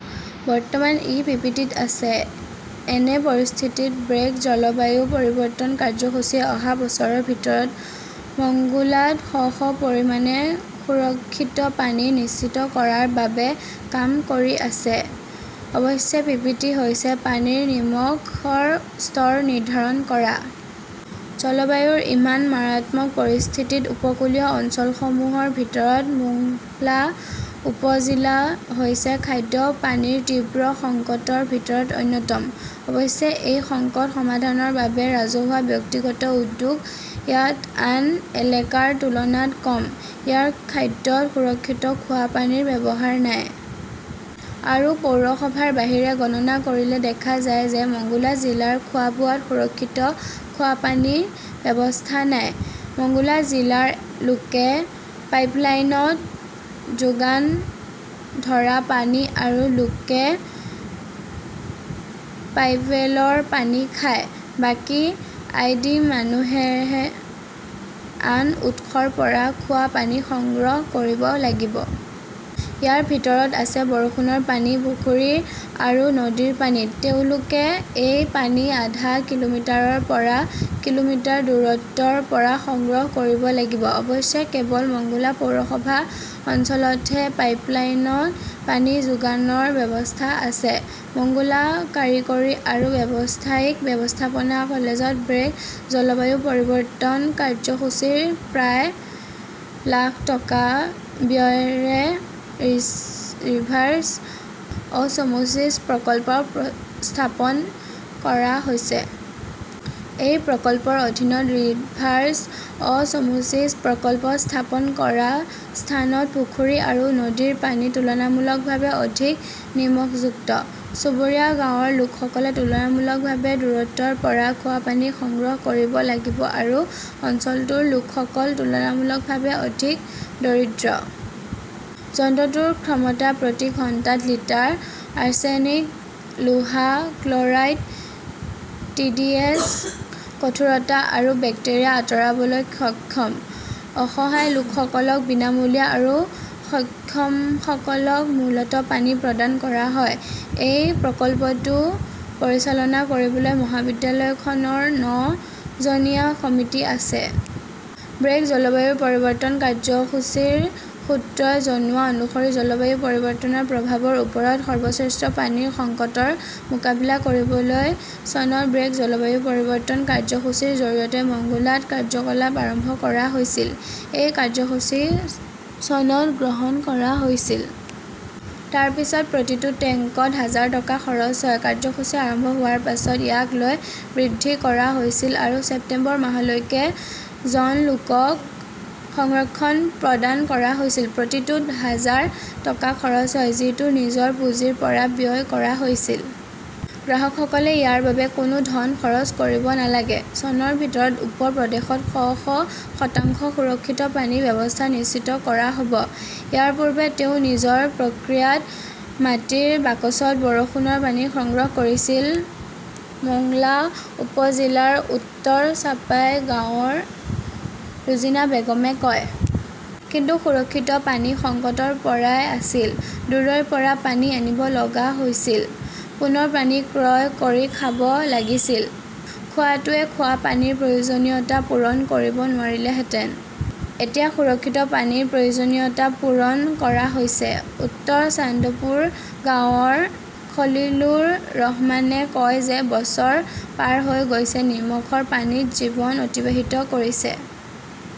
বৰ্তমান ই পিপিটিত আছে। এনে পৰিস্থিতিত ব্ৰেক জলবায়ু পৰিৱৰ্তন কাৰ্যসূচীয়ে অহা বছৰৰ ভিতৰত মংগোলাত শ শ পৰিমাণে সুৰক্ষিত পানী নিশ্চিত কৰাৰ বাবে কাম কৰি আছে। অৱশ্যে, পিপিটি হৈছে পানীৰ নিমখৰ স্তৰ নিৰ্ধাৰণ কৰা। জলবায়ুৰ ইমান মাৰাত্মক পৰিস্থিতিত উপকূলীয় অঞ্চলসমূহৰ ভিতৰত মোংলা উপ-জিলা হৈছে খাদ্য পানীৰ তীব্ৰ সংকটৰ ভিতৰত অন্যতম। অৱশ্যে, এই সংকট সমাধানৰ বাবে ৰাজহুৱা-ব্যক্তিগত উদ্যোগ ইয়াত আন এলেকাৰ তুলনাত কম। ইয়াৰে খাদ্যত সুৰক্ষিত খোৱা পানীৰ ব্যৱস্থা নাই। আৰু পৌৰসভাৰ বাহিৰে গণনা কৰিলে দেখা যায় যে মোংলা জিলাৰ খোৱা-বোৱাত সুৰক্ষিত খোৱা পানীৰ ব্যৱস্থা নাই। মোংলা জিলাৰ লোকে পাইপলাইনত যোগান ধৰা পানী আৰু লোকে পাইপৱেলৰ পানী খায়। বাকী আই. ডি. মানুহেহে আন উৎসৰ পৰা খোৱা পানী সংগ্ৰহ কৰিব লাগিব। ইয়াৰ ভিতৰত আছে বৰষুণৰ পানী, পুখুৰী আৰু নদীৰ পানী। তেওঁলোকে এই পানী আধা কিলোমিটাৰৰ পৰা কিলোমিটাৰ দূৰত্বৰ পৰা সংগ্ৰহ কৰিব লাগিব। অৱশ্যে, কেৱল মোংলা পৌৰসভা অঞ্চলতহে পাইপলাইনত পানী যোগানৰ ব্যৱস্থা আছে। মোংলা কাৰিকৰী আৰু ব্যৱসায়িক ব্যৱস্থাপনা কলেজত ব্ৰেক জলবায়ু পৰিৱৰ্তন কাৰ্যসূচীৰ পৰা প্ৰায় লাখ টকা ব্যয়েৰে ৰিভাৰ্ছ ''অ ছমোছিছ'' প্ৰকল্প স্থাপন কৰা হৈছে। এই প্ৰকল্পৰ অধীনত ৰিভাৰ্ছ ''অ ছমোছিছ'' প্ৰকল্প স্থাপন কৰা স্থানত পুখুৰী আৰু নদীৰ পানী তুলনামূলকভাৱে অধিক নিমখযুক্ত। চুবুৰীয়া গাঁৱৰ লোকসকলে তুলনামূলকভাৱে দূৰত্বৰ পৰা খোৱা পানী সংগ্ৰহ কৰিব লাগিব আৰু অঞ্চলটোৰ লোকসকল তুলনামূলকভাৱে অধিক দৰিদ্ৰ। যন্ত্ৰটোৰ ক্ষমতা প্ৰতি ঘণ্টাত লিটাৰ। আৰ্ছেনিক, লোহা, ক্ল'ৰাইড, টিডিএছ, কঠোৰতা আৰু বেক্টেৰিয়া আঁতৰাবলৈ সক্ষম। অসহায় লোকসকলক বিনামূলীয়া আৰু সক্ষমসকলক মূল্যত পানী প্ৰদান কৰা হয়। এই প্ৰকল্পটো পৰিচালনা কৰিবলৈ মহাবিদ্যালয়খনৰ ন জনীয়া সমিতি আছে। ব্ৰেক জলবায়ু পৰিৱৰ্তন কাৰ্যসূচীৰ সূত্ৰই জনোৱা অনুসৰি, জলবায়ু পৰিৱৰ্তনৰ প্ৰভাৱৰ ওপৰত সৰ্বশ্ৰেষ্ঠ পানীৰ সংকটৰ মোকাবিলা কৰিবলৈ চনত ব্ৰেক জলবায়ু পৰিৱৰ্তন কাৰ্যসূচীৰ জৰিয়তে মংগোলাত কাৰ্যকলাপ আৰম্ভ কৰা হৈছিল। এই কাৰ্যসূচী চনত গ্ৰহণ কৰা হৈছিল। তাৰ পিছত প্ৰতিটো টেংকত হাজাৰ টকা খৰচ হয়। কাৰ্যসূচী আৰম্ভ হোৱাৰ পিছত ইয়াক লৈ বৃদ্ধি কৰা হৈছিল আৰু ছেপ্টেম্বৰ মাহলৈকে জন লোকক সংৰক্ষণ প্ৰদান কৰা হৈছিল। প্ৰতিটোত হাজাৰ টকা খৰচ হয়। যিটো নিজৰ পুঁজিৰ পৰা ব্যয় কৰা হৈছে। গ্ৰাহকসকলে ইয়াৰ বাবে কোনো ধন খৰচ কৰিব নালাগে। চনৰ ভিতৰত উপ-প্ৰদেশত শ শ শতাংশ সুৰক্ষিত পানীৰ ব্যৱস্থা নিশ্চিত কৰা হ 'ব। ইয়াৰ পূৰ্বে তেওঁ নিজৰ প্ৰক্ৰিয়াত মাটিৰ বাকচত বৰষুণৰ পানী সংগ্ৰহ কৰিছিল, মোংলা উপ-জিলাৰ উত্তৰ চাপাই গাঁৱৰ ৰোজিনা বেগমে কয়। কিন্তু সুৰক্ষিত পানী সংকটৰ পৰাই আছিল। দূৰৈৰ পৰা পানী আনিব লগা হৈছিল। পুনৰ পানী ক্ৰয় কৰি খাব লাগিছিল। খোৱাটোৱে খোৱা পানীৰ প্ৰয়োজনীয়তা পূৰণ কৰিব নোৱাৰিলেহেঁতেন। এতিয়া সুৰক্ষিত পানীৰ প্ৰয়োজনীয়তা পূৰণ কৰা হৈছে। উত্তৰ চান্দপুৰ গাঁৱৰ খলিলুৰ ৰহমানে কয় যে- বছৰ পাৰ হৈ গৈছে, নিমখৰ পানীত জীৱন অতিবাহিত কৰিছে।